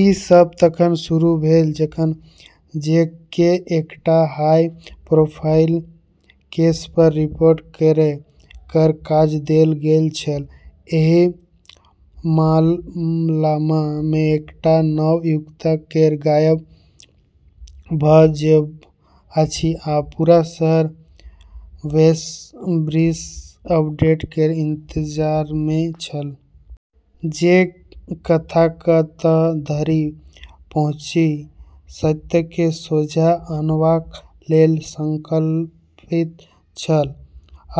ई सब तखन शुरू भेल जखन जैककेँ एकटा हाई प्रोफाइल केसपर रिपोर्ट करै केर काज देल गेल छल। एहि मामलामे एकटा नवयुवती केर गायब भऽ जेब अछि आ पूरा शहर बेसब्रीसँ अपडेट केर इंतजारमे छल। जैक कथाक तह धरि पहुँची सत्यकेँ सोझाँ अनबाक लेल संकल्पित छल।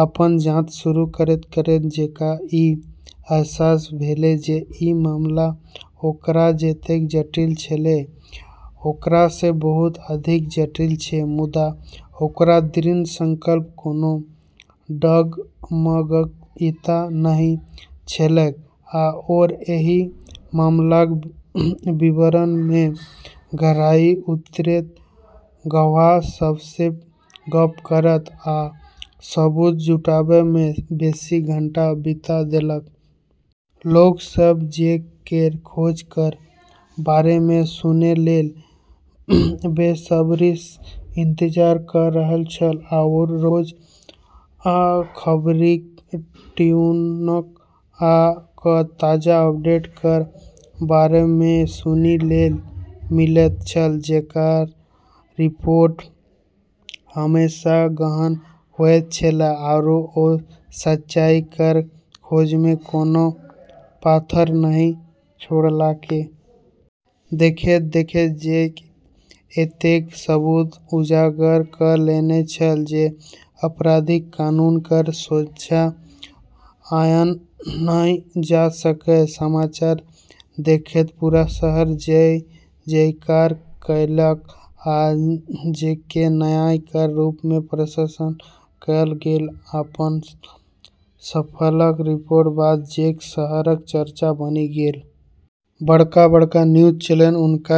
अपन जांच शुरू करैत-करैत जैककेँ ई अहसास भेलै जे ई मामला ओकरा जतेक जटिल छेलै, ओकरासँ बहुत अधिक जटिल छै। मुदा ओकर दृढ़ संकल्प कोनो डगमगाइत नहि छलैक, आ ओ एहि मामलाक विवरणमे गहराईसँ उतरैत, गवाह सभसँ गप्प करैत आ सबूत जुटाबैमे बेसी घंटा बिता देलक। लोक सब जैक केर खोज केर बारेमे सुनै लेल बेसब्रीसँ इंतजार कऽ रहल छल, आओर रोज खबरि ट्यून कऽ कऽ ताजा अपडेट केर बारेमे सुनै लेल मिलैत छल। जैक केर रिपोर्ट हमेशा गहन होइत छेलै, आरू ओ सच्चाई केर खोजमे कोनो पाथर नहि छोड़लकै। देखैत-देखैत जैक एतेक सबूत उजागर कऽ लेने छल जे अपराधीकेँ कानून केर सोझाँ आनल जा सकए। समाचार देखैत पूरा शहर जय-जयकार कएलक, आ जैककेँ नायक केर रूपमे प्रशंसा कएल गेल। अपन सफल रिपोर्टक बाद जैक शहरक चर्चा बनि गेल। बड़का-बड़का न्यूज चैनल हुनक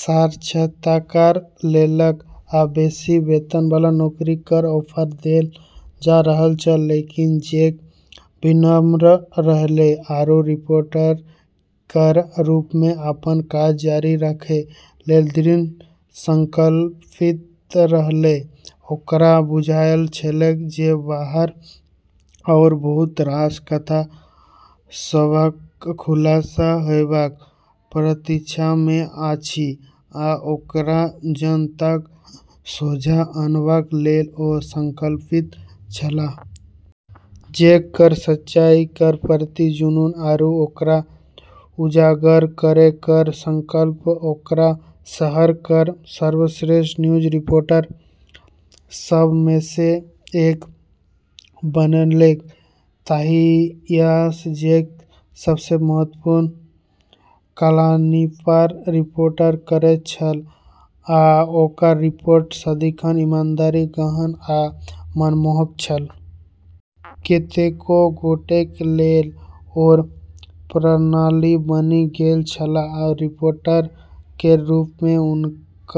साक्षात्कार लेलक आ बेसी वेतनवाला नौकरी केर ऑफर देल जा रहल छल। लेकिन जैक विनम्र रहलै आरू रिपोर्टर केर रूपमे अपन काज जारी रखै लेल दृढ़ संकल्पित रहलै। ओकरा बुझल छलैक जे बाहर आओर बहुत रास कथा सभक खुलासा हेबाक प्रतीक्षामे अछि, आ ओकरा जनताक सोझाँ अनबाक लेल ओ संकल्पित छलाह। जैक केर सच्चाई केर प्रति जुनून आरू ओकरा उजागर करै केर संकल्प ओकरा शहर केर सर्वश्रेष्ठ न्यूज रिपोर्टर सभमेसँ एक बनेलकै। तहियासँ जैक सबसँ महत्वपूर्ण कहानीपर रिपोर्टिंग करैत रहल, आ ओकर रिपोर्ट सदिखन ईमानदार, गहन आ मनमोहक छल। कतेको गोटेक लेल ओ प्रेरणा बनि गेल छलाह, आ रिपोर्टर केर रूपमे हुनक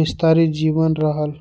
विरासत जीवित रहल।